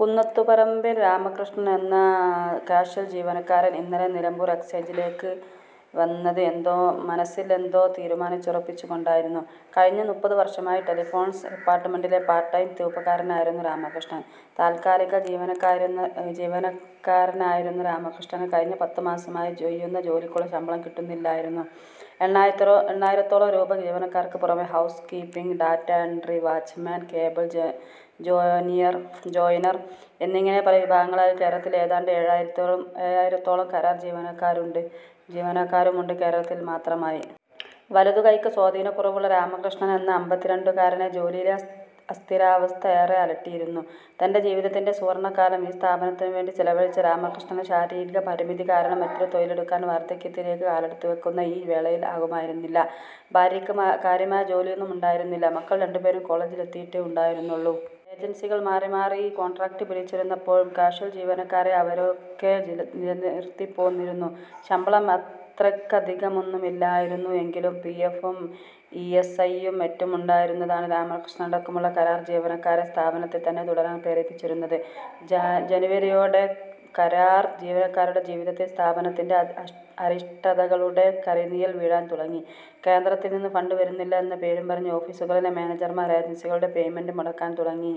കുന്നത്തുപറമ്പിൽ രാമകൃഷ്ണൻ എന്ന കാഷ്വൽ ജീവനക്കാരൻ ഇന്നലെ നിലമ്പൂർ എക്സ്ചേഞ്ചിലെക്ക് വന്നത് മനസ്സിൽ എന്തോ തീരുമാനിച്ചുറപ്പിച്ചുകൊണ്ടായിരുന്നു. കഴിഞ്ഞ മുപ്പതുവർഷമായി ടെലിഫോൺസ് ഡിപ്പാർട്ട്മെന്റിലെ പാർട്ട് ടൈം തൂപ്പുകാരനായിരുന്നു രാമകൃഷ്ണൻ. താത്കാലിക ജീവനക്കാരനായിരുന്ന രാമകൃഷ്ണന് കഴിഞ്ഞ പത്തുമാസമായി ചെയ്യുന്ന ജോലിക്കുള്ള ശമ്പളം കിട്ടുന്നില്ലായിരുന്നു. എണ്ണായിരത്തോളം സ്ഥിരം ജീവനക്കാർക്ക് പുറമെ, housekeeping, data entry, watchman, cable joiner എന്നിങ്ങനെ പല വിഭാഗങ്ങളിലായി കേരളത്തിൽ ഏതാണ്ട് ഏഴായിരത്തോളം കരാർ ജീവനക്കാരുമുണ്ട് കേരളത്തിൽ മാത്രമായി. വലതുകൈക്ക് സ്വാധീനകുറവുള്ള രാമകൃഷ്ണൻ എന്ന അമ്പത്തിരണ്ടുകാരനെ ജോലിയിലെ അസ്ഥിരാവസ്ഥ ഏറെ അലട്ടിയിരുന്നു. തന്റെ ജീവിതത്തിന്റെ സുവർണകാലം ഈ സ്ഥാപനത്തിനുവേണ്ടി ചെലവഴിച്ച രാമകൃഷ്ണന് ശാരീരികപരിമിതി കാരണം മറ്റൊരു തൊഴിലെടുക്കാൻ വാർധക്യത്തിലേക്ക് കാലെടുത്തുവെക്കുന്ന ഈ വേളയിൽ ആകുമായിരുന്നില്ല. ഭാര്യക്ക് കാര്യമായ ജോലിയൊന്നും ഉണ്ടായിരുന്നില്ല. മക്കൾ രണ്ടുപേരും കോളേജിൽ എത്തിയിട്ടേ ഉണ്ടായിരുന്നുള്ളൂ. ഏജൻസികൾ മാറിമാറി കോൺട്രാക്ട് പിടിച്ചിരുന്നപ്പോഴും, കാഷ്വൽ ജോലിക്കാരെ അവരൊക്കെ നിലനിർത്തിപ്പോന്നിരുന്നു. ശമ്പളം അത്രയ്ക്കധികമൊന്നുമില്ലായിരുന്നു എങ്കിലും പിഎഫും ഇഎസ്ഐയും മറ്റും ഉണ്ടായിരുന്നതാണ് രാമകൃഷ്ണനടക്കമുള്ള കരാർ ജീവനക്കാരെ സ്ഥാപനത്തിൽ തന്നെ തുടരാൻ പ്രേരിപ്പിച്ചിരുന്നത്. ജനുവരിയോടെ കരാർ ജീവനക്കാരുടെ ജീവിതങ്ങളിൽ സ്ഥാപനത്തിന്റെ അരിഷ്ടതകളുടെ കരിനിഴൽ വീഴാൻ തുടങ്ങി. കേന്ദ്രത്തിൽ നിന്ന് ഫണ്ട് വരുന്നില്ല എന്ന പേരും പറഞ്ഞ് ഓഫീസുകളിലെ മാനേജർമാർ ഏജൻസികളുടെ പേയ്മെന്റ് മുടക്കാൻ തുടങ്ങി.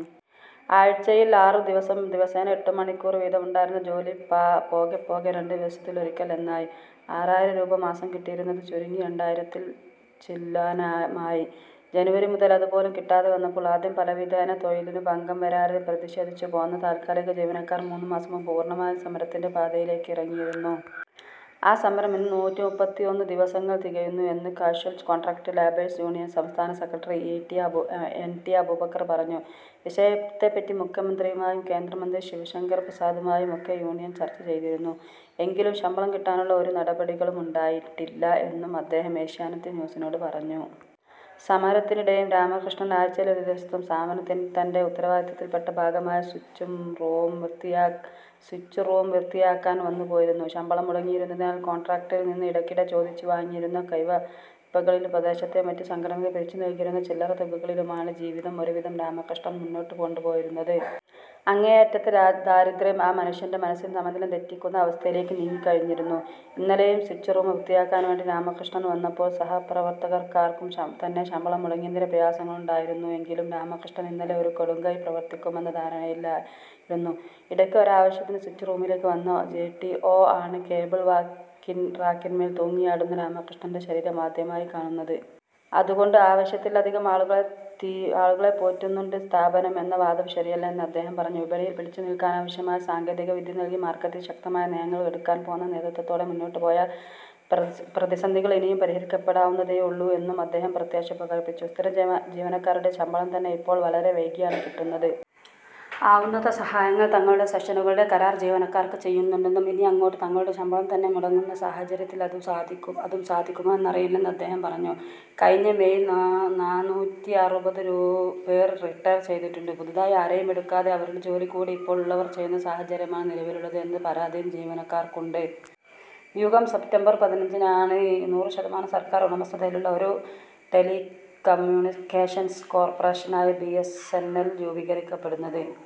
ആഴ്ചയിൽ ആറുദിവസം, ദിവസേന എട്ടുമണിക്കൂർ വീതമുണ്ടായിരുന്ന ജോലി പോകെപ്പോകെ രണ്ടുദിവസത്തിൽ ഒരിക്കൽ എന്നായി. ആറായിരം രൂപ മാസം കിട്ടിയിരുന്നത് ചുരുങ്ങി രണ്ടായിരത്തിൽ ചില്വാനമായി. ജനുവരി മുതൽ അതുപോലും കിട്ടാതെ വന്നപ്പോൾ ആദ്യം പലവിധേന തൊഴിലിനു ഭംഗം വരാതെ പ്രതിഷേധിച്ചു പോന്ന താത്കാലിക ജീവനക്കാർ മൂന്നുമാസം മുമ്പ് പൂർണ്ണമായും സമരത്തിന്റെ പാതയിലേക്കിറങ്ങിയിരുന്നു. ആ സമരം ഇന്ന് നൂറ്റിമുപ്പത്തിഒന്ന് ദിവസങ്ങൾ തികയുന്നു എന്ന് കാഷ്വൽ കോൺട്രാക്ട് ലേബേഴ്സ് യൂണിയൻ സംസ്ഥാന സെക്രട്ടറി എൻ ടി അബൂബക്കർ പറഞ്ഞു. വിഷയത്തെപ്പറ്റി മുഖ്യമന്ത്രിയുമായും കേന്ദ്രമന്ത്രി രവിശങ്കർ പ്രസാദുമായും ഒക്കെ യൂണിയൻ ചർച്ച ചെയ്തിരുന്നു എങ്കിലും ശമ്പളം കിട്ടാനുള്ള ഒരു നടപടികളുമുണ്ടായിട്ടില്ല എന്നും അദ്ദേഹം ഏഷ്യാനെറ്റ് ന്യൂസിനോട് പറഞ്ഞു. സമരത്തിനിടെയും രാമകൃഷ്ണൻ ആഴ്ചയിൽ ഒരു ദിവസം സ്ഥാപനത്തിൽ തന്റെ ഉത്തരവാദിത്തത്തിൽ പെട്ട ഭാഗമായ സ്വിച്ച് റൂം വൃത്തിയാക്കാൻ വന്നുപോയിരുന്നു. ശമ്പളം മുടങ്ങിയിരുന്നതിനാൽ കോൺട്രാക്ടറിൽ നിന്ന് ഇടയ്ക്കിടെ ചോദിച്ചുവാങ്ങിയിരുന്ന കൈവായ്പകളിലും, പ്രദേശത്തെ മറ്റു സംഘടനകൾ പിരിച്ചു നൽകിയിരുന്ന ചില്ലറ തുകകളിലുമാണ് ജീവിതം ഒരുവിധം രാമകൃഷ്ണൻ മുന്നോട്ടു കൊണ്ടുപോയിരുന്നത്. അങ്ങേയറ്റത്തെ ദാരിദ്ര്യം ആ മനുഷ്യന്റെ മനസ്സിന്റെ സമനില തെറ്റിക്കുന്ന അവസ്ഥയിലേക്ക് നീങ്ങിക്കഴിഞ്ഞിരുന്നു. ഇന്നലെയും സ്വിച്ച് റൂം വൃത്തിയാക്കാൻ വേണ്ടി രാമകൃഷ്ണൻ വന്നപ്പോൾ സഹപ്രവർത്തകർക്കാർക്കും തന്നെ, ശമ്പളം മുടങ്ങിയതിന്റെ പ്രയാസങ്ങളുണ്ടായിരുന്നു എങ്കിലും രാമകൃഷ്ണൻ ഇങ്ങനെ ഒരു കടുംകൈ പ്രവർത്തിക്കുമെന്ന ധാരണയില്ലായിരുന്നു. ഇടക്ക് ഒരാവശ്യത്തിന് സ്വിച്ച് റൂമിലേക്ക് വന്ന ജെടിഓ ആണ് കേബിൾ റാക്കിന്മേൽ തൂങ്ങിയാടുന്ന രാമകൃഷ്ണന്റെ ശരീരം ആദ്യമായി കാണുന്നത്. അതുകൊണ്ട് ആവശ്യത്തിൽ അധികം ആളുകളെപ്പോറ്റുന്നുണ്ട് സ്ഥാപനം എന്ന വാദം ശരിയല്ല എന്ന് അദ്ദേഹം പറഞ്ഞു. വിപണിയിൽ പിടിച്ചു നിൽക്കാനാവശ്യമായ സാങ്കേതിക വിദ്യ നൽകി, മാർക്കറ്റിൽ ശക്തമായ നയങ്ങൾ എടുക്കാൻ പോന്ന നേതൃത്വത്തോടെ മുന്നോട്ടുപോയാൽ പ്രതിസന്ധികൾ ഇനിയും പരിഹരിക്കപ്പെടാവുന്നതേയുള്ളൂ എന്നും അദ്ദേഹം പ്രത്യാശ പ്രകടിപ്പിച്ചു. സ്ഥിരം ജീവനക്കാരുടെ ശമ്പളം തന്നെ ഇപ്പോൾ വളരെ വൈകിയാണ് കിട്ടുന്നത്. ആവുന്നത്ര സഹായങ്ങൾ തങ്ങളുടെ സെക്ഷനുകളിലെ കരാർ ജീവനക്കാർക്ക് ചെയ്യുന്നുണ്ടെന്നും, ഇനിയങ്ങോട്ട് തങ്ങളുടെ ശമ്പളം തന്നെ മുടങ്ങുന്ന സാഹചര്യത്തിൽ അതും സാധിക്കുമോ എന്നറിയില്ലെന്ന് അദ്ദേഹം പറഞ്ഞു. കഴിഞ്ഞ മെയിൽ നാനാറ്റിഅറുപത് പേർ റിട്ടയർ ചെയ്തിട്ടുണ്ട്. പുതുതായി ആരെയും എടുക്കാതെ അവരുടെ ജോലി കൂടി ഇപ്പോൾ ഉള്ളവർ ചെയ്യുന്ന സാഹചര്യമാണ് നിലവിലുള്ളത് എന്ന പരാതിയും ജീവനക്കാർക്കുണ്ട്.. യുഗം സെപ്റ്റംബർ പതിനഞ്ചിനാണ് നൂറ് ശതമാനം സർക്കാർ ഉടമസ്ഥതയിലുള്ള ഒരു ടെലികമ്യൂണിക്കേഷൻസ് കോർപ്പറേഷനായി ബിഎസ്എൻഎൽ രൂപീകരിക്കപ്പെടുന്നത്.